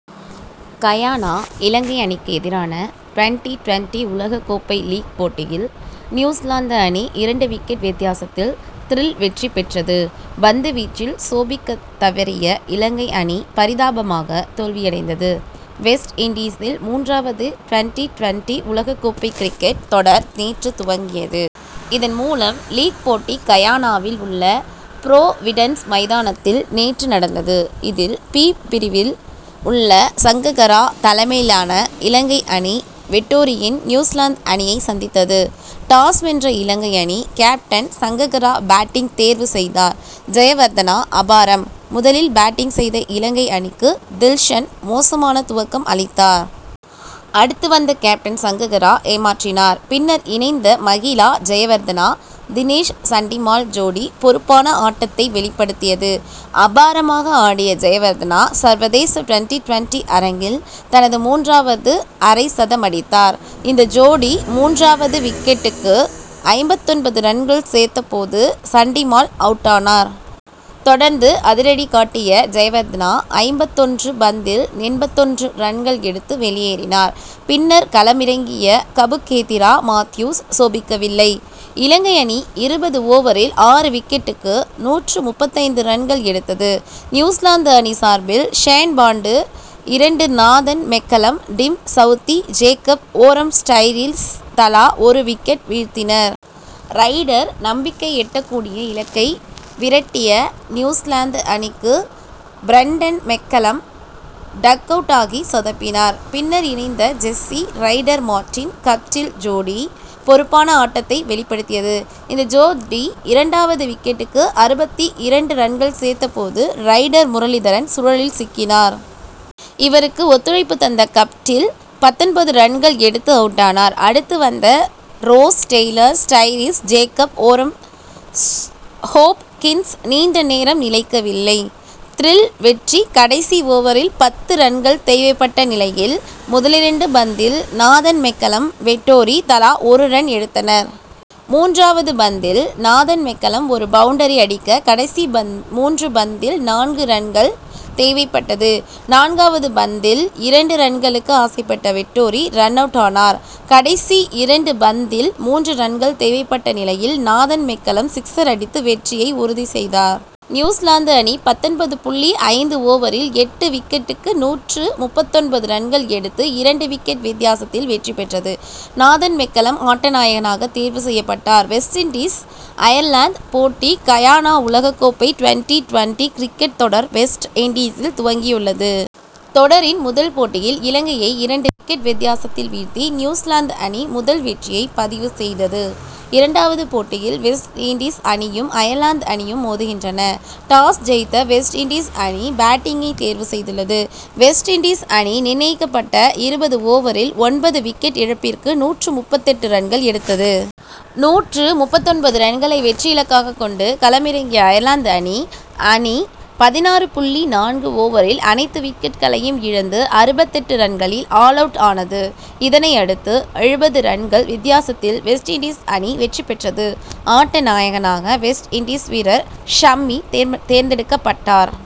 Guyana Ilangai அணிக்கு எதிரான twenty twenty உலக கோப்பை லீக் போட்டியில் நியூசிலாந்து அணி இரண்டு விக்கெட் வித்தியாசத்தில் திரில் வெற்றி பெற்றது. பந்துவீச்சில் சோபிக்கத்தவறிய இலங்கை அணி பரிதாபமாக தோல்வியடைந்தது. வெஸ்ட் இண்டீசில் மூன்றாவது டுவென்டி-டுவென்டி உலக கோப்பை கிரிக்கெட் தொடர் நேற்று துவங்கியது. இதன் முதல் லீக் போட்டி கயானாவில் உள்ள புரோவிடன்ஸ் மைதானத்தில் நேற்று நடந்தது. இதில் பி பிரிவில் உள்ள சங்ககரா தலைமையிலான இலங்கை அணி வெட்டோரியின் நியூசிலாந்து அணியை சந்தித்தது. டாஸ் வென்ற இலங்கை அணி கேப்டன் சங்ககரா பேட்டிங் தேர்வு செய்தார். ஜெயவர்தனா அபாரம் முதலில் பேட்டிங் செய்த இலங்கை அணிக்கு தில்ஷன் மோசமான துவக்கம் அளித்தார். அடுத்து வந்த கேப்டன் சங்ககரா ஏமாற்றினார். பின்னர் இணைந்த மகிலா ஜெயவர்தனா தினேஷ் சண்டிமால் ஜோடி பொறுப்பான ஆட்டத்தை வெளிப்படுத்தியது. அபாரமாக ஆடிய ஜெயவர்தனா சர்வதேச டுவென்டி-டுவென்டி அரங்கில் தனது மூன்றாவது அரைசதமடித்தார். இந்த ஜோடி மூன்றாவது விக்கெட்டுக்கு ஐம்பத்தொன்பது ரன்கள் சேர்த்த போது சண்டிமால் அவுட்டானார். தொடர்ந்து அதிரடி காட்டிய ஜெயவர்தனா ஐம்பத்தொன்று பந்தில் எண்பத்தொன்று ரன்கள் எடுத்து வெளியேறினார். பின்னர் களமிறங்கிய கபுகேதிரா மாத்யூஸ் சோபிக்கவில்லை. இலங்கை அணி இருபது ஓவரில் ஆறு விக்கெட்டுக்கு நூற்று முப்பத்தைந்து ரன்கள் எடுத்தது. நியூசிலாந்து அணி சார்பில் ஷேன் பாண்டு இரண்டு Nathan McCullum Tim Southee Jacob Oram Styris தலா ஒரு விக்கெட் வீழ்த்தினர். ரைடர் நம்பிக்கை எட்டக்கூடிய இலக்கை விரட்டிய நியூசிலாந்து அணிக்கு பிரண்டன் மெக்கலம் டக்-அவுட்டாகி சொதப்பினார். பின்னர் இணைந்த ஜெசி ரைடர் மார்டின் கப்டில் ஜோடி பொறுப்பான ஆட்டத்தை வெளிப்படுத்தியது. இந்த ஜோடி இரண்டாவது விக்கெட்டுக்கு அறுபத்து இரண்டு ரன்கள் சேர்த்த போது ரைடர் முரளிதரன் சுழலில் சிக்கினார். இவருக்கு ஒத்துழைப்பு தந்த கப்டில் பத்தொன்பது ரன்கள் எடுத்து அவுட்டானார். அடுத்து வந்த Ross Taylor Styris Jacob Oram Hopkins நீண்டநேரம் நிலைக்கவில்லை. திரில் வெற்றி கடைசி ஓவரில் பத்து ரன்கள் தேவைப்பட்ட நிலையில் முதலிரண்டு பந்தில் நாதன் மெக்கலம் வெட்டோரி தலா ஒரு ரன் எடுத்தனர். மூன்றாவது பந்தில் நாதன் மெக்கலம் ஒரு பவுண்டரி அடிக்க கடைசி மூன்று பந்தில் நான்கு ரன்கள் தேவைப்பட்டது. நான்காவது பந்தில் இரண்டு ரன்களுக்கு ஆசைப்பட்ட வெட்டோரி ரன்-அவுட்டானார். கடைசி இரண்டு பந்தில் மூன்று ரன்கள் தேவைப்பட்ட நிலையில் நாதன் மெக்கலம் சிக்சர் அடித்து வெற்றியை உறுதி செய்தார். நியூசிலாந்து அணி பத்தொன்பது புள்ளி ஐந்து ஓவரில் எட்டு விக்கெட்டுக்கு நூற்று முப்பத்தொன்பது ரன்கள் எடுத்து இரண்டு விக்கெட் வித்தியாசத்தில் வெற்றி பெற்றது. நாதன் மெக்கலம் ஆட்டநாயகனாக தேர்வு செய்யப்பட்டார். வெஸ்ட் இண்டீஸ் அயர்லாந்து போட்டி கயானா உலககோப்பை டுவென்டி-டுவென்டி கிரிக்கெட் தொடர் வெஸ்ட் இண்டீசில் துவங்கியுள்ளது. தொடரின் முதல் போட்டியில் இலங்கையை இரண்டு விக்கெட் வித்தியாசத்தில் வீழ்த்தி நியூசிலாந்து அணி முதல் வெற்றியை பதிவு செய்தது. இரண்டாவது போட்டியில் வெஸ்ட் இண்டீஸ் அணியும் அயர்லாந்து அணியும் மோதுகின்றன. டாஸ் ஜெயித்த வெஸ்ட் இண்டீஸ் அணி பேட்டிங்கை தேர்வு செய்துள்ளது. வெஸ்ட் இண்டீஸ் அணி நிர்ணயிக்கப்பட்ட இருபது ஓவரில் ஒன்பது விக்கெட் இழப்பிற்கு நூற்று முப்பத்தெட்டு ரன்கள் எடுத்தது. நூற்று முப்பத்தொன்பது ரன்களை வெற்றி இலக்காக கொண்டு களமிறங்கிய அயர்லாந்து அணி அணி பதினாறு புள்ளி நான்கு ஓவரில் அனைத்து விக்கெட்களையும் இழந்து அறுபத்தெட்டு ரன்களில் ஆல் அவுட் ஆனது. இதனையடுத்து எழுபது ரன்கள் வித்தியாசத்தில் வெஸ்ட் இண்டீஸ் அணி வெற்றி பெற்றது. ஆட்ட நாயகனாக வெஸ்ட் இண்டீஸ் வீரர் ஷம்மி தேர்ந்தெடுக்கப்பட்டார்.